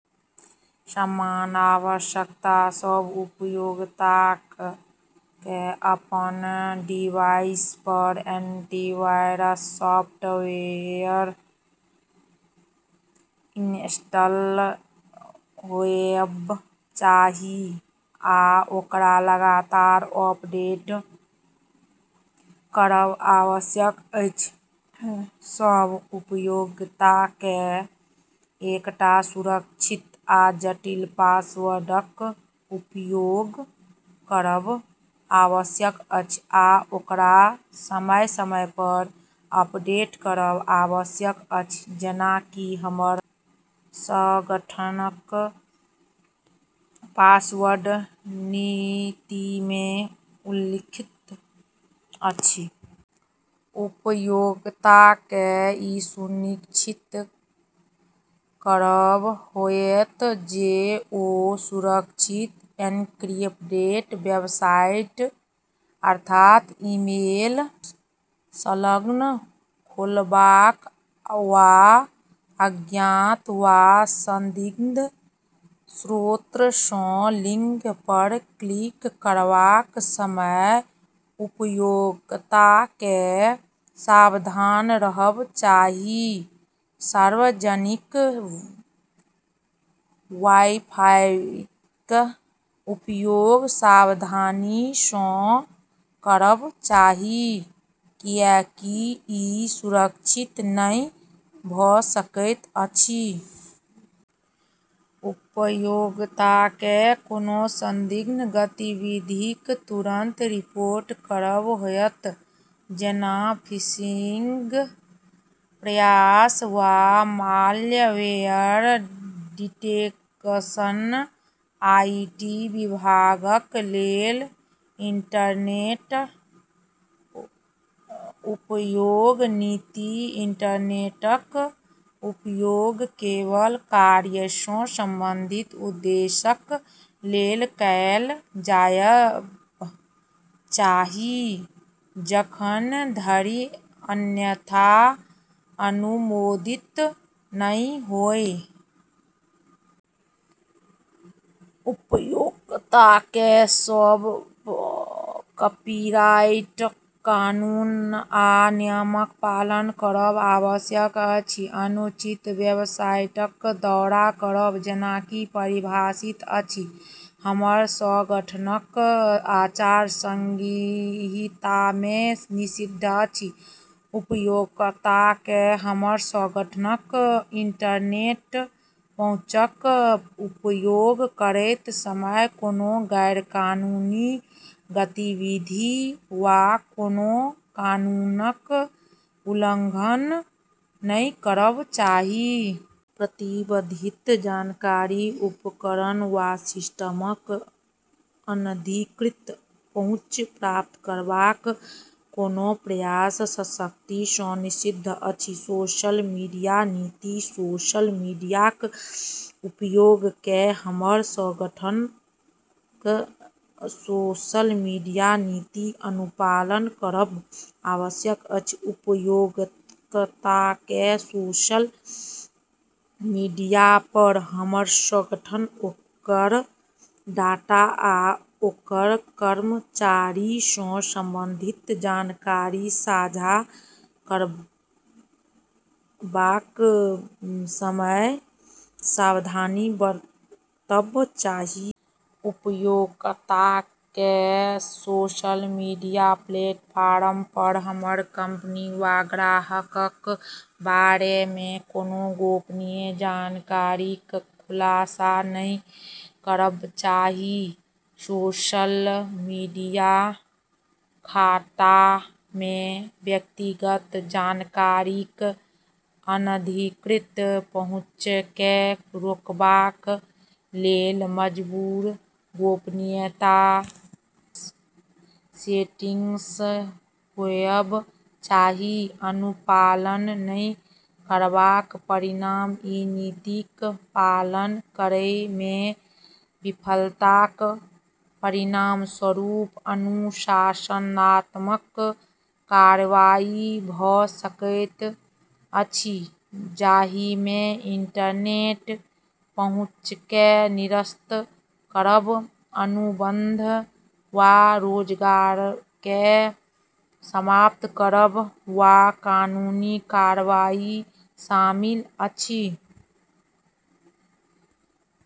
सामान्य आवश्यकता सभ उपयोक्ताकेँ अपन डिवाइसपर एन्टीवायरस सफ्टवेयर इन्स्टल होएब चाही, आ ओकरा लगातार अपडेट करब आवश्यक अछि। सभ उपयोक्ताकेँ एकटा सुरक्षित आ जटिल पासवर्डक उपयोग करब आवश्यक अछि आ ओकरा समय-समयपर अपडेट करब आवश्यक अछि जेना कि हमर सङ्गठनक पासवर्ड नीतिमे उल्लिखित अछि। उपयोक्ताकेँ ई सुनिश्चित करब होएत जे ओ सुरक्षित, एन्क्रिप्टेड वेबसाइट (अर्थात) ईमेल संलग्नक खोलबाक वा अज्ञात वा संदिग्ध स्रोतसँ लिङ्कपर क्लिक करबाक समय उपयोक्ताकेँ सावधान रहब चाही। सार्वजनिक वाइफाइक उपयोग सावधानीसँ करब चाही, किएकि ई सुरक्षित नहि भऽ सकैत अछि। उपयोक्ताकेँ कोनो संदिग्ध गतिविधिक तुरंत रिपोर्ट करब होएत, जेना फिशिङ्ग प्रयास वा म्यालवेयर डिटेकसन, आइटी विभागक लेल। इन्टरनेट उपयोग नीति इन्टरनेटक उपयोग केवल कार्यसँ सम्बन्धित उद्देश्यक लेल कएल जाएब चाही, जखन धरि अन्यथा अनुमोदित नहि होय। उपयोक्ताकेँ सभ कपीराइट कानून आ नियमक पालन करब आवश्यक अछि। अनुचित वेबसाइटक दौरा करब, जेना कि परिभाषित अछि, हमर सङ्गठनक आचार संहितामे, निषिद्ध अछि। उपयोक्ताकेँ हमर सङ्गठनक इन्टरनेट पहुँचक उपयोग करैत समय कोनो गैरकानूनी गतिविधि वा कोनो कानूनक उल्लङ्घन नहि करब चाही। प्रतिबन्धित जानकारी, उपकरण, वा सिस्टमक अनधिकृत पहुँच प्राप्त करबाक कोनो प्रयास सख्तीसँ निषिद्ध अछि। सोसल मिडिया नीति सोसल मिडियाक उपयोगकेँ हमर सङ्गठनक सोसल मिडिया नीतिक अनुपालन करब आवश्यक अछि। उपयोक्ताकेँ सोसल मिडियापर हमर सङ्गठन, ओकर डाटा, आ ओकर कर्मचारीसँ सम्बन्धित जानकारी साझा करबाक समय सावधानी बरतब चाही। उपयोक्ताकेँ सोसल मिडिया प्लेटफर्मपर हमर कम्पनी वा ग्राहकक बारेमे कोनो गोपनीय जानकारीक खुलासा नहि करब चाही। सोसल मिडिया खाटामे व्यक्तिगत जानकारीक अनधिकृत पहुँचकेँ रोकबाक लेल मजबुत गोपनीयता सेटिङ्ग्स होएब चाही। अनुपालन नहि करबाक परिणाम ई नीतिक पालन करैमे विफलताक परिणामस्वरूप अनुशासनात्मक कार्रवाई भऽ सकैत अछि, जाहिमे इन्टरनेट पहुँचकेँ निरस्त करब, अनुबन्ध वा रोजगारकेँ समाप्त करब, वा कानूनी कार्रवाई शामिल अछि।